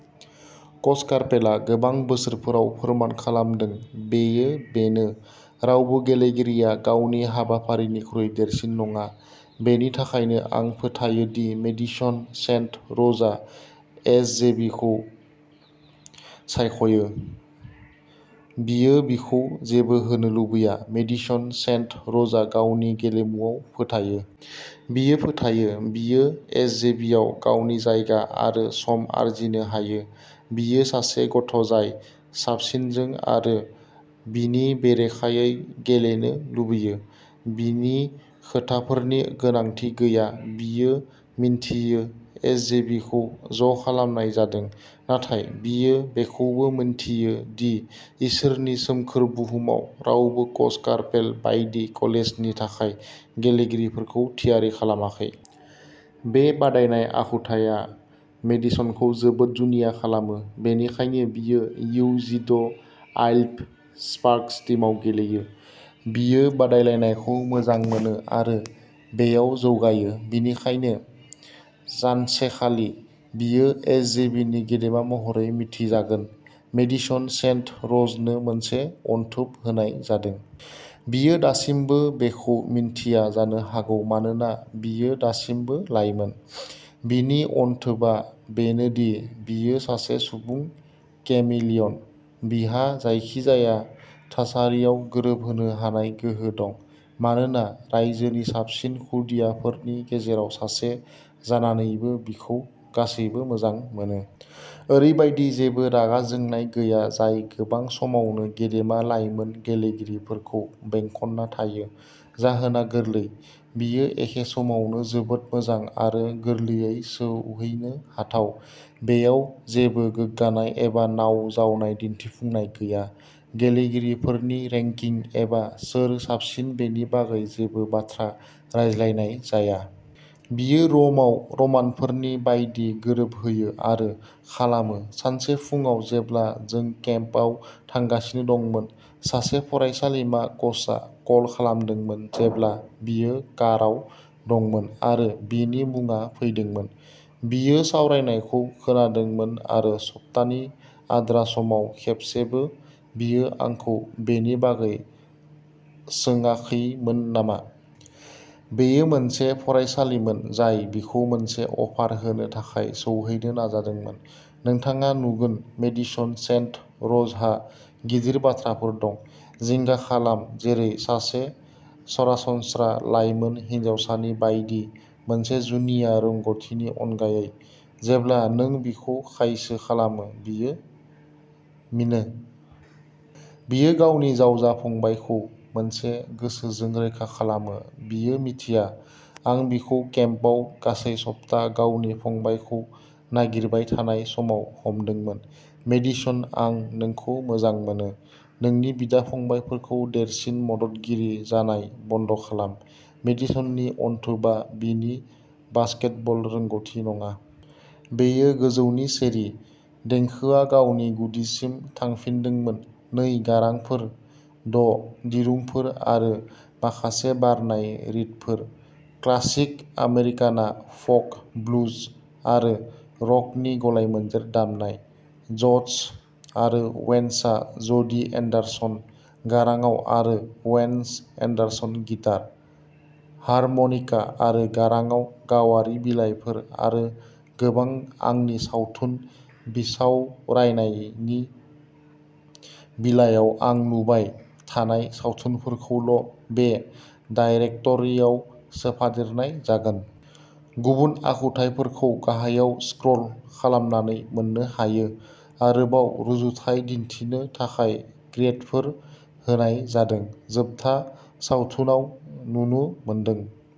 कच कार्पेलआ गोबां बोसोरफोराव फोरमान खालामदों बेयो बेनो, रावबो गेलेगिरिया गावनि हाबाफारिनिख्रुइ देरसिन नङा। बेनि थाखायनो आं फोथायो दि मेडिसन सेन्ट र'जआ एसजेभिखौ सायख'यो। बियो बिखौ जेबो होनो लुबैया। मेडिसन सेन्ट र'जआ गावनि गेलेमुआव फोथायो। बियो फोथायो, बियो एसजेभिआव गावनि जायगा आरो सम आरजिनो हायो। बियो सासे गथ'जाय साबसिनजों आरो बिनि बेरेखायै गेलेनो लुबैयो। बिनि खोथाफोरनि गोनांथि गैया, बियो मिन्थियो एसजेभिखौ ज'खालामनाय जादों, नाथाय बियो बेखौबो मिन्थियो दि इसोरनि सोमखोर बुहुमाव रावबो कच कार्पेल बायदि कलेजनि थाखाय गेलेगिरिफोरखौ थियारि खालामाखै। बे बादायनाय आखुथाइया मेडिसनखौ जोबोद जुनिया खालामो। बेनिखायनो बियो इउ जिद' आइब्ल स्पार्क्स टीमआव गेलेयो। बियो बादायलायनायखौ मोजां मोनो आरो बेयाव जौगायो। बेनिखायनो जानसेखालि बियो एसजेभिनि गेदेमा महरै मिथिजागोन। मेडिसन सेन्ट र'जनो मोनसे अनथोब होनाय जादों। बियो दासिमबो बेखौ मिन्थिया जानो हागौ मानोना बियो दासिमबो लाइमोन। बिनि अनथोबआ बेनो दि बियो सासे सुबुं केमिलियन। बिहा जायखिजाया थासारियाव गोरोबहोनो हानाय गोहो दं। मानोना रायजोनि साबसिन खुदियाफोरनि गेजेराव सासे जानानैबो, बिखौ गासैबो मोजां मोनो। ओरैबायदि जेबो रागा जोंनाय गैया जाय गोबां समावनो गेदेमा लाइमोन गेलेगिरिफोरखौ बेंखनना थायो। जाहोना गोरलै, बियो एखे समावनो जोबोद मोजां आरो गोरलैयै सौहैनो हाथाव। बेयाव जेबो गोग्गानाय एबा नाव जावनाय दिन्थिफुंनाय गैया। गेलेगिरिफोरनि रेंकिं एबा सोर साबसिन बेनि बागै जेबो बाथ्रा रायज्लायनाय जाया। बियो र'मआव रमानफोरनि बायदि गोरोबहोयो आरो खालामो। सानसे फुंआव जेब्ला जों केम्पआव थांगासिनो दंमोन। सासे फरायसालिमा कचआ कल खालामदोंमोन जेब्ला बियो काराव दंमोन आरो बिनि मुङा फैदोंमोन। बियो सावरायनायखौ खोनादोंमोन आरो सप्तानि आद्रा समाव खेबसेबो, बियो आंखौ बेनि बागै सोंयाखैमोन नामा? बेयो मोनसे फरायसालिमोन जाय बिखौ मोनसे अफार होनो थाखाय सौहैनो नाजादोंमोन। नोंथाङा नुगोन मेडिसन सेन्ट र'जहा गिदिर बाथ्राफोर दं। जिंगा खालाम जेरै सासे सरासनस्रा लाइमोन हिनजावसानि बायदि, मोनसे जुनिया रोंग'थिनि अनगायै। जेब्ला नों बिखौ खायसो खालामो, बियो मिनो -- बियो गावनि जावजा फंबायखौ मोनसे गोसोजों रैखा खालामो, बियो मिथिया, आं बिखौ केम्पआव गासै सप्ता गावनि फंबायखौ नागिरबाय थानाय समाव हमदोंमोन। मेडिसन आं नोंखौ मोजां मोनो। नोंनि बिदा-फंबायफोरखौ देरसिन मददगिरि जानाय बन्द'खालाम। मेडिसननि अनथोबआ बिनि बास्केटबल रोंग'थि नङा। बेयो गोजौनि चेरि। देंखोआ गावनि गुदिसिम थांफिनदोंमोन नै गारांफोर द' दिरुंफोर आरो माखासे बारनाय रिडफोर। क्लासिक आमेरिकाना फ'क, ब्लुज आरो रकनि गलायमोन्देर दामनाय। ज'डस आरो वेन्सआ ज'डि एन्डारसन, गारांआव, आरो वेन्स एन्डारसन गिटार, हारमनिका आरो गारांआव गावारि बिलाइफोर आरो गोबां आंनि सावथुन बिसावरायनायनि बिलाइयाव आं नुबाय थानाय सावथुनफोरखौल'बे दाइरेक्ट'रिआव सोफादेरनाय जागोन। गुबुन आखुथायफोरखौ गाहायाव स्क्रल खालामनानै मोननो हायो। आरोबाव रुजुथाय दिन्थिनो थाखाय ग्रेदफोर होनाय जादों। जोबथा सावथुनआव नुनो मोनदों।